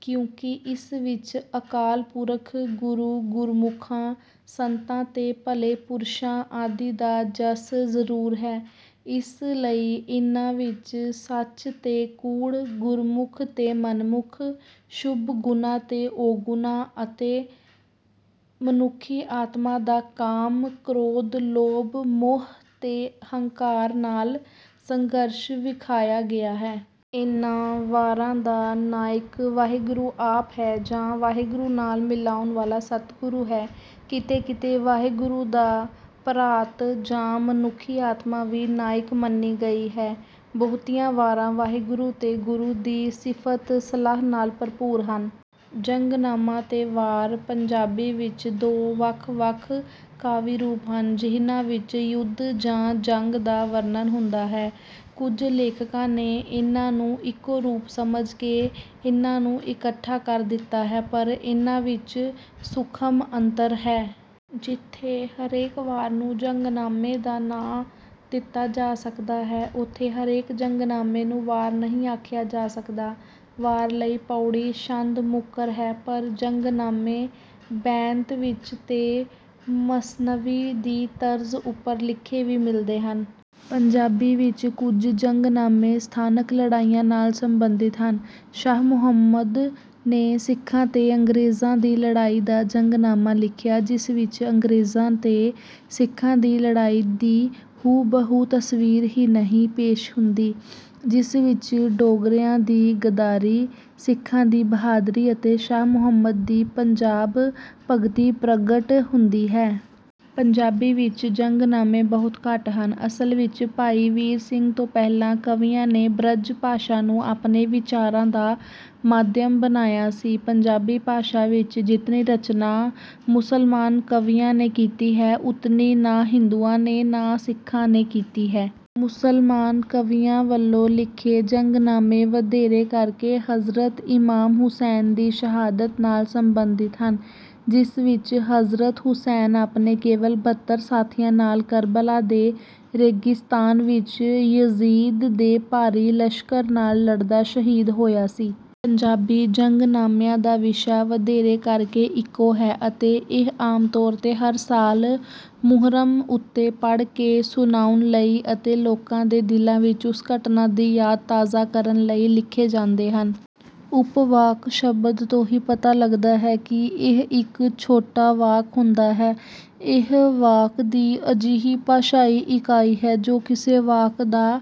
ਕਿਉਂਕਿ ਇਸ ਵਿੱਚ ਅਕਾਲ ਪੁਰਖ, ਗੁਰੂ, ਗੁਰਮੁਖਾਂ, ਸੰਤਾਂ ਤੇ ਭਲੇ ਪੁਰਸ਼ਾਂ ਆਦਿ ਦਾ ਜਸ ਜ਼ਰੂਰ ਹੈ, ਇਸ ਲਈ ਇਨ੍ਹਾਂ ਵਿੱਚ ਸੱਚ ਤੇ ਕੂੜ, ਗੁਰਮੁਖ ਤੇ ਮਨਮੁਖ, ਸ਼ੁਭ ਗੁਣਾਂ ਤੇ ਔਗੁਣਾਂ ਅਤੇ ਮਨੁੱਖੀ ਆਤਮਾ ਦਾ ਕਾਮ, ਕ੍ਰੋਧ, ਲੋਭ, ਮੋਹ ਤੇ ਹੰਕਾਰ ਨਾਲ ਸੰਘਰਸ਼ ਵਿਖਾਇਆ ਗਿਆ ਹੈ। ਇਨ੍ਹਾਂ ਵਾਰਾਂ ਦਾ ਨਾਇਕ ਵਾਹਿਗੁਰੂ ਆਪ ਹੈ ਜਾਂ ਵਾਹਿਗੁਰੂ ਨਾਲ ਮਿਲਾਉਣ ਵਾਲਾ ਸਤਿਗੁਰੂ ਹੈ, ਕਿਤੇ-ਕਿਤੇ ਵਾਹਿਗੁਰੂ ਦਾ ਭਰਾਤ ਜਾਂ ਮਨੁੱਖੀ ਆਤਮਾ ਵੀ ਨਾਇਕ ਮੰਨੀ ਗਈ ਹੈ। ਬਹੁਤੀਆਂ ਵਾਰਾਂ ਵਾਹਿਗੁਰੂ ਤੇ ਗੁਰੂ ਦੀ ਸਿਫ਼ਤ-ਸਲਾਹ ਨਾਲ ਭਰਪੂਰ ਹਨ। ਜੰਗਨਾਮਾ ਤੇ ਵਾਰ ਪੰਜਾਬੀ ਵਿੱਚ ਦੋ ਵੱਖ-ਵੱਖ ਕਾਵਿ-ਰੂਪ ਹਨ, ਜਿਹਨਾਂ ਵਿੱਚ ਯੁੱਧ ਜਾਂ ਜੰਗ ਦਾ ਵਰਣਨ ਹੁੰਦਾ ਹੈ। ਕੁਝ ਲੇਖਕਾਂ ਨੇ ਇਨ੍ਹਾਂ ਨੂੰ ਇੱਕੋ ਰੂਪ ਸਮਝ ਕੇ ਇਨ੍ਹਾਂ ਨੂੰ ਇਕੱਠਾ ਕਰ ਦਿੱਤਾ ਹੈ, ਪਰ ਇਨ੍ਹਾਂ ਵਿੱਚ ਸੂਖਮ ਅੰਤਰ ਹੈ। ਜਿੱਥੇ ਹਰੇਕ ਵਾਰ ਨੂੰ ਜੰਗਨਾਮੇ ਦਾ ਨਾਂ ਦਿੱਤਾ ਜਾ ਸਕਦਾ ਹੈ, ਉੱਥੇ ਹਰੇਕ ਜੰਗਨਾਮੇ ਨੂੰ ਵਾਰ ਨਹੀਂ ਆਖਿਆ ਜਾ ਸਕਦਾ। ਵਾਰ ਲਈ ਪਉੜੀ ਛੰਦ ਮੁਕੱਰ ਹੈ, ਪਰ ਜੰਗਨਾਮੇ ਬੈਂਤ ਵਿੱਚ ਤੇ ਮਸਨਵੀ ਦੀ ਤਰਜ਼ ਉੱਪਰ ਲਿਖੇ ਵੀ ਮਿਲਦੇ ਹਨ। ਪੰਜਾਬੀ ਵਿੱਚ ਕੁਝ ਜੰਗਨਾਮੇ ਸਥਾਨਕ ਲੜਾਈਆਂ ਨਾਲ ਸੰਬੰਧਿਤ ਹਨ। ਸ਼ਾਹ ਮੁਹੰਮਦ ਨੇ ਸਿੱਖਾਂ ਤੇ ਅੰਗਰੇਜ਼ਾਂ ਦੀ ਲੜਾਈ ਦਾ ਜੰਗਨਾਮਾ ਲਿਖਿਆ, ਜਿਸ ਵਿੱਚ ਅੰਗਰੇਜ਼ਾਂ ਤੇ ਸਿੱਖਾਂ ਦੀ ਲੜਾਈ ਦੀ ਹੂ-ਬ-ਹੂ ਤਸਵੀਰ ਹੀ ਨਹੀਂ ਪੇਸ਼ ਹੁੰਦੀ, ਜਿਸ ਵਿੱਚ ਡੋਗਰਿਆਂ ਦੀ ਗੱਦਾਰੀ, ਸਿੱਖਾਂ ਦੀ ਬਹਾਦਰੀ ਅਤੇ ਸ਼ਾਹ ਮੁਹੰਮਦ ਦੀ ਪੰਜਾਬ-ਭਗਤੀ ਪ੍ਰਗਟ ਹੁੰਦੀ ਹੈ। ਪੰਜਾਬੀ ਵਿੱਚ ਜੰਗਨਾਮੇ ਬਹੁਤ ਘੱਟ ਹਨ। ਅਸਲ ਵਿੱਚ ਭਾਈ ਵੀਰ ਸਿੰਘ ਤੋਂ ਪਹਿਲਾਂ ਕਵੀਆਂ ਨੇ ਬ੍ਰਜ-ਭਾਸ਼ਾ ਨੂੰ ਆਪਣੇ ਵਿਚਾਰਾਂ ਦਾ ਮਾਧਿਅਮ ਬਣਾਇਆ ਸੀ। ਪੰਜਾਬੀ ਭਾਸ਼ਾ ਵਿੱਚ ਜਿਤਨੀ ਰਚਨਾ ਮੁਸਲਮਾਨ ਕਵੀਆਂ ਨੇ ਕੀਤੀ ਹੈ, ਉਤਨੀ ਨਾ ਹਿੰਦੂਆਂ ਨੇ ਨਾ ਸਿੱਖਾਂ ਨੇ ਕੀਤੀ ਹੈ। ਮੁਸਲਮਾਨ ਕਵੀਆਂ ਵੱਲੋਂ ਲਿਖੇ ਜੰਗਨਾਮੇ ਵਧੇਰੇ ਕਰਕੇ ਹਜ਼ਰਤ ਇਮਾਮ ਹੁਸੈਨ ਦੀ ਸ਼ਹਾਦਤ ਨਾਲ ਸੰਬੰਧਿਤ ਹਨ, ਜਿਸ ਵਿੱਚ ਹਜ਼ਰਤ ਹੁਸੈਨ ਆਪਣੇ ਕੇਵਲ ਬੱਤਰ ਸਾਥੀਆਂ ਨਾਲ ਕਰਬਲਾ ਦੇ ਰੇਗਿਸਤਾਨ ਵਿੱਚ ਯਜ਼ੀਦ ਦੇ ਭਾਰੀ ਲਸ਼ਕਰ ਨਾਲ ਲੜਦਾ ਸ਼ਹੀਦ ਹੋਇਆ ਸੀ। ਪੰਜਾਬੀ ਜੰਗਨਾਮਿਆਂ ਦਾ ਵਿਸ਼ਾ ਵਧੇਰੇ ਕਰਕੇ ਇੱਕੋ ਹੈ ਅਤੇ ਇਹ ਆਮ ਤੌਰ 'ਤੇ ਹਰ ਸਾਲ ਮੁਹੱਰਮ ਉੱਤੇ ਪੜ੍ਹ ਕੇ ਸੁਣਾਉਣ ਲਈ ਅਤੇ ਲੋਕਾਂ ਦੇ ਦਿਲਾਂ ਵਿੱਚ ਉਸ ਘਟਨਾ ਦੀ ਯਾਦ ਤਾਜ਼ਾ ਕਰਨ ਲਈ ਲਿਖੇ ਜਾਂਦੇ ਹਨ। ਉਪਵਾਕ ਸ਼ਬਦ ਤੋਂ ਹੀ ਪਤਾ ਲੱਗਦਾ ਹੈ ਕਿ ਇਹ ਇੱਕ ਛੋਟਾ ਵਾਕ ਹੁੰਦਾ ਹੈ। ਇਹ ਵਾਕ ਦੀ ਅਜਿਹੀ ਭਾਸ਼ਾਈ ਇਕਾਈ ਹੈ, ਜੋ ਕਿਸੇ ਵਾਕ ਦਾ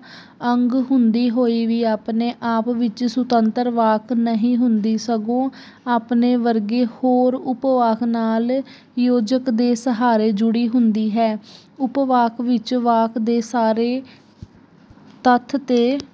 ਅੰਗ ਹੁੰਦੀ ਹੋਈ ਵੀ ਆਪਣੇ ਆਪ ਵਿੱਚ ਸੁਤੰਤਰ ਵਾਕ ਨਹੀਂ ਹੁੰਦੀ, ਸਗੋਂ ਆਪਣੇ ਵਰਗੇ ਹੋਰ ਉਪਵਾਕ ਨਾਲ ਯੋਜਕ ਦੇ ਸਹਾਰੇ ਜੁੜੀ ਹੁੰਦੀ ਹੈ। ਉਪਵਾਕ ਵਿੱਚ ਵਾਕ ਦੇ ਸਾਰੇ ਤੱਥ 'ਤੇ